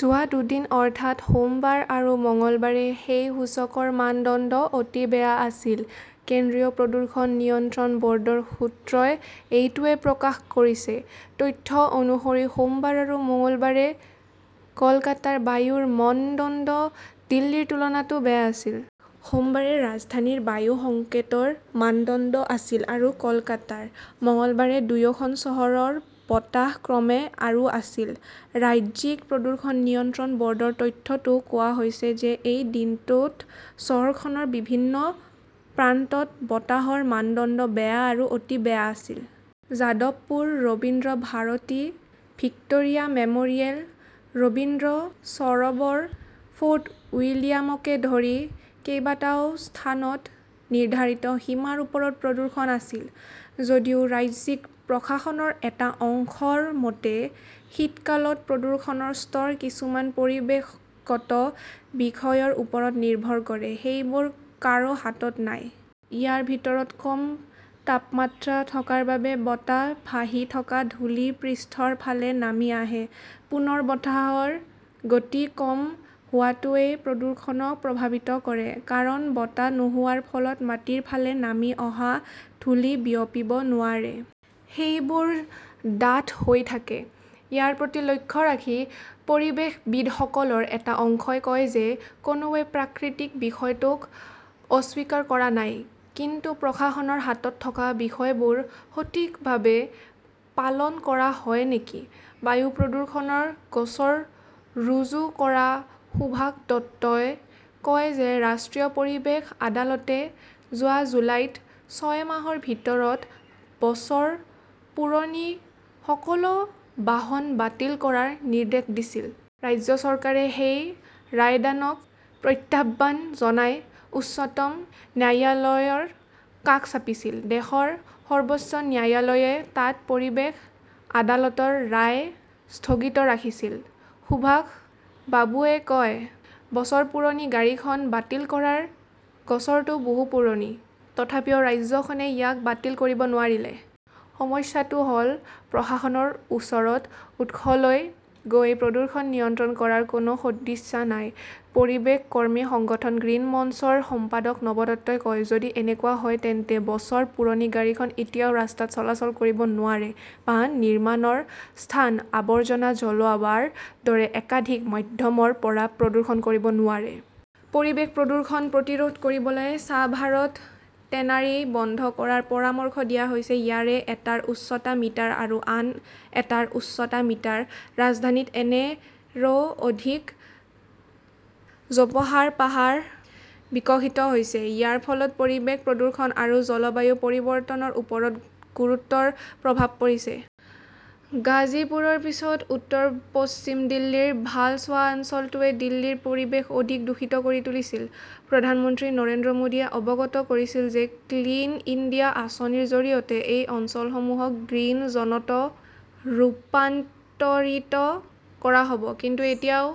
যোৱা দুদিন, অৰ্থাৎ সোমবাৰ আৰু মঙলবাৰে সেই সূচকৰ মানদণ্ড 'অতি বেয়া "আছিল। কেন্দ্ৰীয় প্ৰদূষণ নিয়ন্ত্ৰণ ব "ৰ্ডৰ সূত্ৰই এইটোৱেই প্ৰকাশ কৰিছে। তথ্য অনুসৰি সোমবাৰ আৰু মঙলবাৰে কলকাতাৰ বায়ুৰ মানদণ্ড দিল্লীৰ তুলনাতও বেয়া আছিল। সোমবাৰে ৰাজধানীৰ বায়ু সংকেতৰ মানদণ্ড আছিল আৰু কলকাতাৰ। মঙলবাৰে দুয়োখন চহৰৰ বতাহ ক্ৰমে আৰু আছিল। ৰাজ্যিক প্ৰদূষণ নিয়ন্ত্ৰণ ব "ৰ্ডৰ তথ্যতো কোৱা হৈছে যে এই দিনটোত চহৰখনৰ বিভিন্ন প্ৰান্তত বতাহৰ মানদণ্ড বেয়া আৰু অতি বেয়া আছিল। Jadavpur, Rabindra Bharati, Victoria "memorial, Rabindra Sarobar, Fort উইলিয়ামকে ধৰি কেইবাটাও স্থানত নিৰ্ধাৰিত সীমাৰ ওপৰত প্ৰদূষণ আছিল। যদিও ৰাজ্যিক প্ৰশাসনৰ এটা অংশৰ মতে, শীতকালত প্ৰদূষণৰ স্তৰ কিছুমান পৰিৱেশগত বিষয়ৰ ওপৰত নিৰ্ভৰ কৰে। সেইবোৰ কাৰো হাতত নাই। ইয়াৰ ভিতৰত কম তাপমাত্ৰা থকাৰ বাবে বতাহত ভাহি থকা ধূলি পৃষ্ঠৰ ফালে নামি আহে। পুনৰ, বতাহৰ গতি কম হোৱাটোৱেও প্ৰদূষণক প্ৰভাৱিত কৰে। কাৰণ, বতাহ নোহোৱাৰ ফলত মাটিৰ ফালে নামি অহা ধূলি বিয়পিব নোৱাৰে। সেইবোৰ ডাঠ হৈ থাকে। ইয়াৰ প্ৰতি লক্ষ্য ৰাখি পৰিৱেশবিদসকলৰ এটা অংশই কয় যে কোনোৱে প্ৰাকৃতিক বিষয়টোক অস্বীকাৰ কৰা নাই। কিন্তু প্ৰশাসনৰ হাতত থকা বিষয়বোৰ সঠিকভাৱে পালন কৰা হয় নেকি? বায়ু প্ৰদূষণৰ গোচৰ ৰুজু কৰা সুভাষ দত্তই কয় যে ৰাষ্ট্ৰীয় পৰিৱেশ আদালতে যোৱা জুলাইত ছয় মাহৰ ভিতৰত বছৰ পুৰণি সকলো বাহন বাতিল কৰাৰ নিৰ্দেশ দিছিল। ৰাজ্য চৰকাৰে সেই ৰায়দানক প্ৰত্যাহ্বান জনাই উচ্চতম ন্যায়ালয়ৰ কাষ চাপিছিল। দেশৰ সৰ্বোচ্চ ন্যায়ালয়ে তাত পৰিৱেশ আদালতৰ ৰায় স্থগিত ৰাখিছিল। সুভাষ বাবুৱে কয়, " বছৰ পুৰণি গাড়ীখন বাতিল কৰাৰ গোচৰটো বহু পুৰণি। তথাপিও ৰাজ্যখনে ইয়াক বাতিল কৰিব নোৱাৰিলে! "সমস্যাটো হ" ল, প্ৰশাসনৰ ওচৰত উৎসলৈ গৈ প্ৰদূষণ নিয়ন্ত্ৰণ কৰাৰ কোনো সদিচ্ছা নাই ", পৰিৱেশ কৰ্মী সংগঠন 'গ্ৰীণ মঞ্চ' ৰ সম্পাদক নব দত্তই কয়। যদি এনেকুৱা হয়, তেন্তে বছৰ পুৰণি গাড়ীখন এতিয়াও ৰাস্তাত চলাচল কৰিব নোৱাৰে, বা নিৰ্মাণৰ স্থান, আৱৰ্জনা জ্বলোৱাৰ দৰে একাধিক মাধ্যমৰ পৰা প্ৰদূষণ কৰিব নোৱাৰে। "। পৰিৱেশ প্ৰদূষণ প্ৰতিৰোধ কৰিবলৈ ছাভাৰত টেনাৰী বন্ধ কৰাৰ পৰামৰ্শ দিয়া হৈছে ইয়াৰে এটাৰ উচ্চতা মিটাৰ আৰু আন এটাৰ উচ্চতা মিটাৰ। ৰাজধানীত এনে, ৰো অধিক জোপোহাৰ পাহাৰ বিকশিত হৈছে। ইয়াৰ ফলত পৰিৱেশ প্ৰদূষণ আৰু জলবায়ু পৰিৱৰ্তনৰ ওপৰত গুৰুতৰ প্ৰভাৱ পৰিছে। গাজীপুৰৰ পিছত উত্তৰ-পশ্চিম দিল্লীৰ ভালছৱা অঞ্চলটোৱে দিল্লীৰ পৰিৱেশ অধিক দূষিত কৰি তুলিছে। প্ৰধানমন্ত্ৰী নৰেন্দ্ৰ মোদীয়ে অৱগত কৰিছিল যে 'ক্লিন ইণ্ডিয়া "আঁচনিৰ জৰিয়তে এই অঞ্চলসমূহক' গ্ৰীণ জ" নত "ৰূপান্তৰিত কৰা হ" ব। কিন্তু এতিয়াও